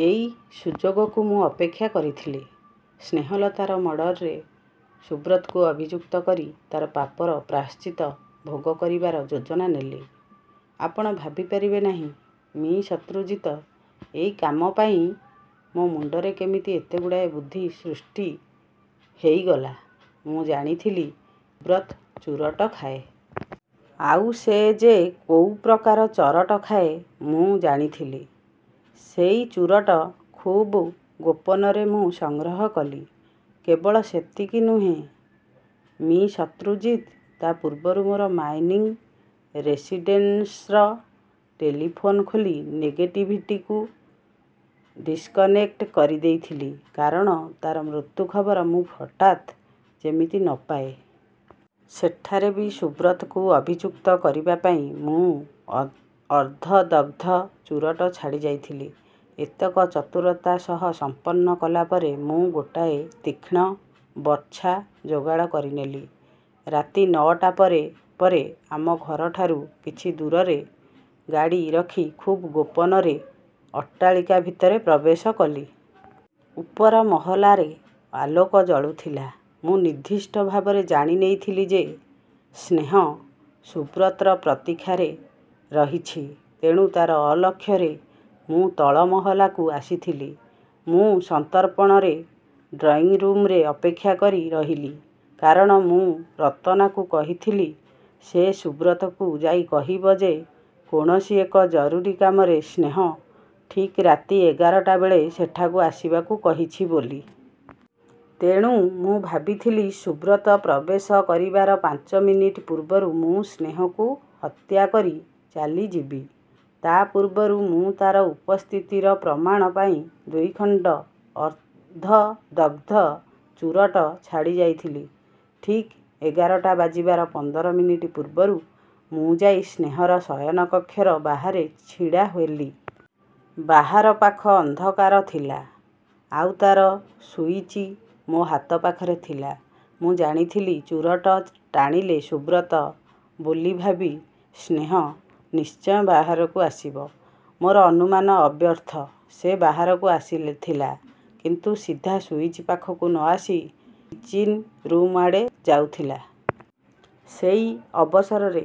' ଏଇ ସୁଯୋଗକୁ ମୁଁ ଅପେକ୍ଷା କରିଥିଲି। ସ୍ନେହଲତାର ମର୍ଡରରେ ସୁବ୍ରତକୁ ଅଭିଯୁକ୍ତ କରି ତା'ର ପାପର ପ୍ରାୟଶ୍ଚିତ୍ତ ଭୋଗ କରିବାର ଯୋଜନା ନେଲି। ଆପଣ ଭାବିପାରିବେ ନାହିଁ, ମି:ଶତ୍ରୁଜିତ, ଏଇ କାମ ପାଇଁ ମୋ ମୁଣ୍ଡରେ କେମିତି ଏତେଗୁଡ଼ାଏ ବୁଦ୍ଧି ସୃଷ୍ଟି ହେଇଗଲା। ମୁଁ ଜାଣିଥିଲି, ସୁବ୍ରତ ଚୂରଟ ଖାଏ। ଆଉ ସେ ଯେ କୋଉ ପ୍ରକାର ଚରଟ ଖାଏ ମୁଁ ଜାଣିଥିଲି। ସେଇ ଚୂରଟ ଖୁବ୍ ଗୋପନରେ ମୁଁ ସଂଗ୍ରହ କଲି। କେବଳ ସେତିକି ନୁହେଁ, ମି ଶତ୍ରୁଜିତ, ତା ପୂର୍ବରୁ ମୋର ମାଇନିଂ ରେସିଡ଼େନସ୍ର ଟେଲିଫୋନ ଖୋଲି ନେଗେଟିଭ୍ଟିକୁ ଡିସକନେକ୍ଟ କରିଦେଇଥିଲି। କାରଣ ତା'ର ମୃତ୍ୟୁ ଖବର ମୁଁ ହଠାତ୍ ଯେମିତି ନ ପାଏ। ସେଠାରେ ବି ସୁବ୍ରତକୁ ଅଭିଯୁକ୍ତ କରିବାପାଇଁ ମୁଁ ଅ ଅର୍ଦ୍ଧଦଗ୍ଧ ଚୁରଟ ଛାଡ଼ିଯାଇଥିଲି। ଏତକ ଚତୁରତାସହ ସମ୍ପନ୍ନ କଲା ପରେ ମୁଁ ଗୋଟାଏ ତୀକ୍ଷ୍ଣ ବର୍ଚ୍ଛା ଯୋଗାଡ଼ କରିନେଲି। ରାତି ନଅଟା ପରେ ପରେ ଆମ ଘରଠାରୁ କିଛି ଦୂରରେ ଗାଡ଼ି ରଖି ଖୁବ୍ ଗୋପନରେ ଅଟ୍ଟାଳିକା ଭିତରେ ପ୍ରବେଶ କଲି। ଉପର ମହଲାରେ ଆଲୋକ ଜଳୁଥିଲା। ମୁଁ ନିର୍ଦ୍ଦିଷ୍ଟ ଭାବରେ ଜାଣିନେଇଥିଲି ଯେ ସ୍ନେହ ସୁବ୍ରତର ପ୍ରତୀକ୍ଷାରେ ରହିଛି। ତେଣୁ ତା'ର ଅଲକ୍ଷ୍ୟରେ ମୁଁ ତଳ ମହଲାକୁ ଆସିଥିଲି। ମୁଁ ସନ୍ତର୍ପଣରେ ଡ୍ରଇଂରୁମରେ ଅପେକ୍ଷା କରି ରହିଲି। କାରଣ ମୁଁ ରତନାକୁ କହିଥିଲି ସେ ସୁବ୍ରତକୁ ଯାଇ କହିବ ଯେ କୌଣସି ଏକ ଜରୁରୀ କାମରେ ସ୍ନେହ ଠିକ ରାତି ଏଗାରଟା ବେଳେ ସେଠାକୁ ଆସିବାକୁ କହିଛି ବୋଲି। ତେଣୁ ମୁଁ ଭାବିଥିଲି ସୁବ୍ରତ ପ୍ରବେଶ କରିବାର ପାଞ୍ଚମିନିଟ୍ ପୂର୍ବରୁ ମୁଁ ସ୍ନେହକୁ ହତ୍ୟା କରି ଚାଲିଯିବି। ତା ପୂର୍ବରୁ ମୁଁ ତା'ର ଉପସ୍ଥିତିର ପ୍ରମାଣ ପାଇଁ ଦୁଇଖଣ୍ଡ ଅର୍ଦ୍ଧଦଗ୍ଧ ଚୁରଟ ଛାଡ଼ିଯାଇଥିଲି। 'ଠିକ୍ ଏଗାରଟା ବାଜିବାର ପନ୍ଦର ମିନିଟ୍ ପୂର୍ବରୁ ମୁଁ ଯାଇ ସ୍ନେହର ଶୟନକକ୍ଷର ବାହାରେ ଛିଡ଼ା ହୋଲି। ବାହାର ପାଖ ଅନ୍ଧକାର ଥିଲା, ଆଉ ତା'ର ସୁଇଚି ମୋ ହାତ ପାଖରେ ଥିଲା। ମୁଁ ଜାଣିଥିଲି, ଚୁରଟ ଟାଣିଲେ ସୁବ୍ରତ ବୋଲି ଭାବି ସ୍ନେହ ନିଶ୍ଚୟ ବାହାରକୁ ଆସିବ। ମୋର ଅନୁମାନ ଅବ୍ୟର୍ଥ। ସେ ବାହାରକୁ ଆସିଲଥିଲା। କିନ୍ତୁ ସିଧା ସୁଇଚ୍ ପାଖକୁ ନ ଆସି କିଚିନରୁମ ଆଡ଼େ ଯାଉଥିଲା। ସେଇ ଅବସରରେ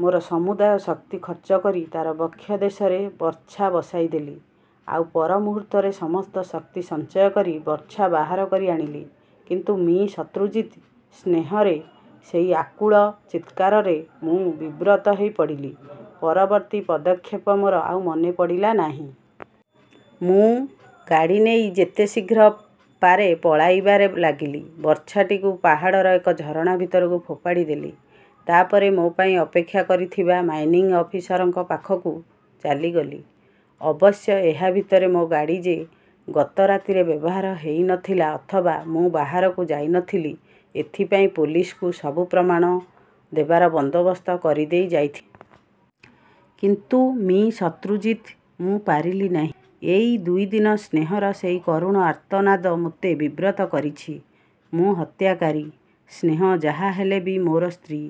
ମୋର ସମୁଦାୟ ଶକ୍ତି ଖର୍ଚ୍ଚକରି ତା'ର ବକ୍ଷ ଦେଶରେ ବର୍ଚ୍ଛା ବସାଇଦେଲି। ଆଉ ପର ମୁହୂର୍ତ୍ତରେ ସମସ୍ତ ଶକ୍ତି ସଞ୍ଚୟ କରି ବର୍ଚ୍ଛା ବାହାର କରି ଆଣିଲି। 'କିନ୍ତୁ ମି: ଶତ୍ରୁଜିତ୍, ସ୍ନେହରେ ସେଇ ଆକୁଳ ଚିତ୍କାରରେ ମୁଁ ବିବ୍ରତ ହେଇପଡ଼ିଲି। ପରବର୍ତ୍ତୀ ପଦକ୍ଷେପ ମୋର ଆଉ ମନେପଡ଼ିଲା ନାହିଁ। ମୁଁ ଗାଡ଼ି ନେଇ ଯେତେ ଶୀଘ୍ର ପାରେ ପଳାଇବାରେ ଲାଗିଲି। ବର୍ଚ୍ଛାଟିକୁ ପାହାଡ଼ର ଏକ ଝରଣା ଭିତରକୁ ଫୋପାଡ଼ିଦେଲି। ତା'ପରେ ମୋ ପାଇଁ ଅପେକ୍ଷା କରିଥିବା ମାଇନିଂ ଅଫିସରଙ୍କ ପାଖକୁ ଚାଲିଗଲି। ଅବଶ୍ୟ ଏହା ଭିତରେ ମୋ ଗାଡ଼ି ଯେ ଗତ ରାତିରେ ବ୍ୟବହାର ହେଇ ନଥିଲା ଅଥବା ମୁଁ ବାହାରକୁ ଯାଇ ନ ଥିଲି ଏଥିପାଇଁ ପୋଲିସକୁ ସବୁ ପ୍ରମାଣ ଦେବାର ବନ୍ଦୋବସ୍ତ କରି ଦେଇ ଯାଇଥି। 'କିନ୍ତୁ ମି: ଶତ୍ରୁଜିତ୍, ମୁଁ ପାରିଲି ନାହିଁ। ଏଇ ଦୁଇଦିନ ସ୍ନେହର ସେଇ କରୁଣ ଆର୍ତ୍ତନାଦ ମୋତେ ବିବ୍ରତ କରିଛି। ମୁଁ ହତ୍ୟାକାରୀ। ସ୍ନେହ ଯାହା ହେଲେ ବି ମୋର ସ୍ତ୍ରୀ।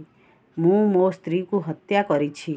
ମୁଁ ମୋ ସ୍ତ୍ରୀକୁ ହତ୍ୟା କରିଛି।